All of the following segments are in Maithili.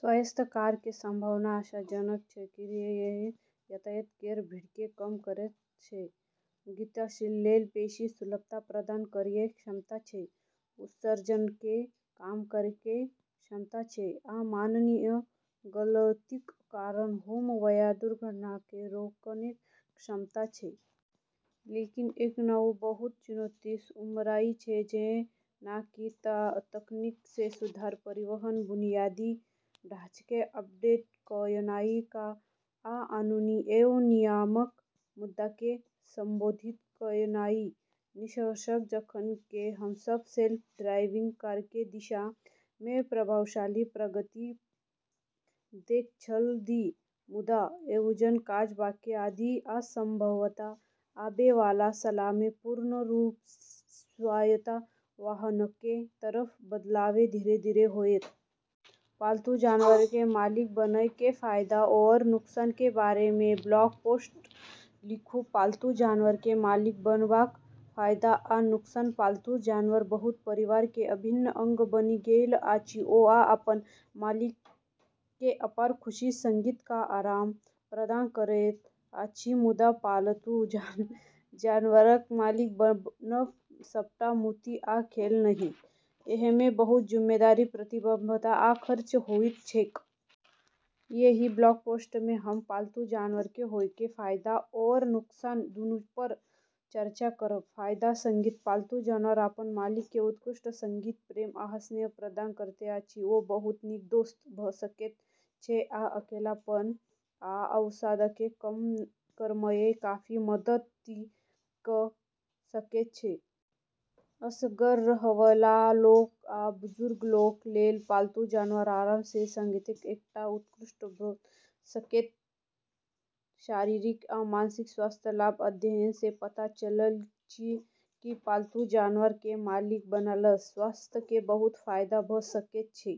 स्वायत्त कार केर संभावना आशाजनक छै, किएकि एहिम यातायात केर भीड़केँ कम करैके क्षमता छै, गतिशीलता लेल बेशी सुलभता प्रदान करयके क्षमता छै, उत्सर्जनकेँ कम करैके क्षमता छै, आ मानवीय गलतीक कारण होमयवला दुर्घटनाकेँ रोकैके क्षमता छै। लेकिन, एखनहु बहुत चुनौतीसँ उबरनाइ छै, जेनाकि तकनीक मे सुधार, परिवहन बुनियादी ढाँचाकेँ अपडेट कयनाइ, आ कानूनी एवं नियामक मुद्दाकेँ संबोधित कयनाइ। निष्कर्षतः, जखन कि हमसभ सेल्फ ड्राइविंग कारके दिशा मे प्रभावशाली प्रगति देख रहल छी, मुदा एखनहु काज बाकी अछि, आ संभवतः आबै वाला सालमे पूर्ण रूप सँ स्वायत्त वाहनके तरफ बदलाव धीरे-धीरे होयत। पालतू जानवरके मालिक बनय के फायदा आओर नुकसान के बारे मे ब्लॉग पोस्ट लिखू पालतू जानवर के मालिक बनबाक फायदा आ नुकसान पालतू जानवर बहुत परिवार के अभिन्न अंग बनि गेल अछि, आ ओ अपन मालिक के अपार खुशी, संगति, आ आराम प्रदान करैत अछि मुदा पालतू जानवरक मालिक बनब सबटा मस्ती आ खेल नहिं; एहिमे बहुत जिम्मेदारी, प्रतिबद्धता, आ खर्चा होइत छैक। एहि ब्लॉग पोस्टमे हम पालतू जानवरके होयके फायदा आओर नुकसान दुनूपर चर्चा करब। फायदा संगति: पालतू जानवर अपन मालिक के उत्कृष्ट संगति, प्रेम, आ स्नेह प्रदान करैत अछि ओ बहुत नीक दोस्त भ' सकैत छै आ अकेलापन आ अवसादकेँ कम करयमे काफी मदति क' सकैत छै। असगर रहयवला लोक या बुजुर्ग लोक लेल पालतू जानवर आराम आ संगतिकेँ एकटा उत्कृष्ट स्रोत भ' सकैत छै। शारीरिक आ मानसिक स्वास्थ्य लाभ: अध्ययन सँ पता चलल छै कि पालतू जानवर केँ मालिक बनलासँ स्वास्थ्यकेँ बहुत फायदा भ सकैत छै।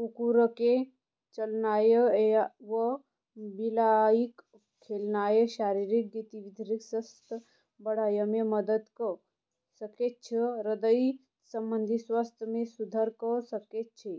कुकुरकेँ चलनाय वा बिलाइक खेलेनाय शारीरिक गतिविधिक स्तर बढ़ावयमे मदति क' सकैत छै आ हृदय संबंधी स्वास्थ्य मे सुधार क' सकैत छै।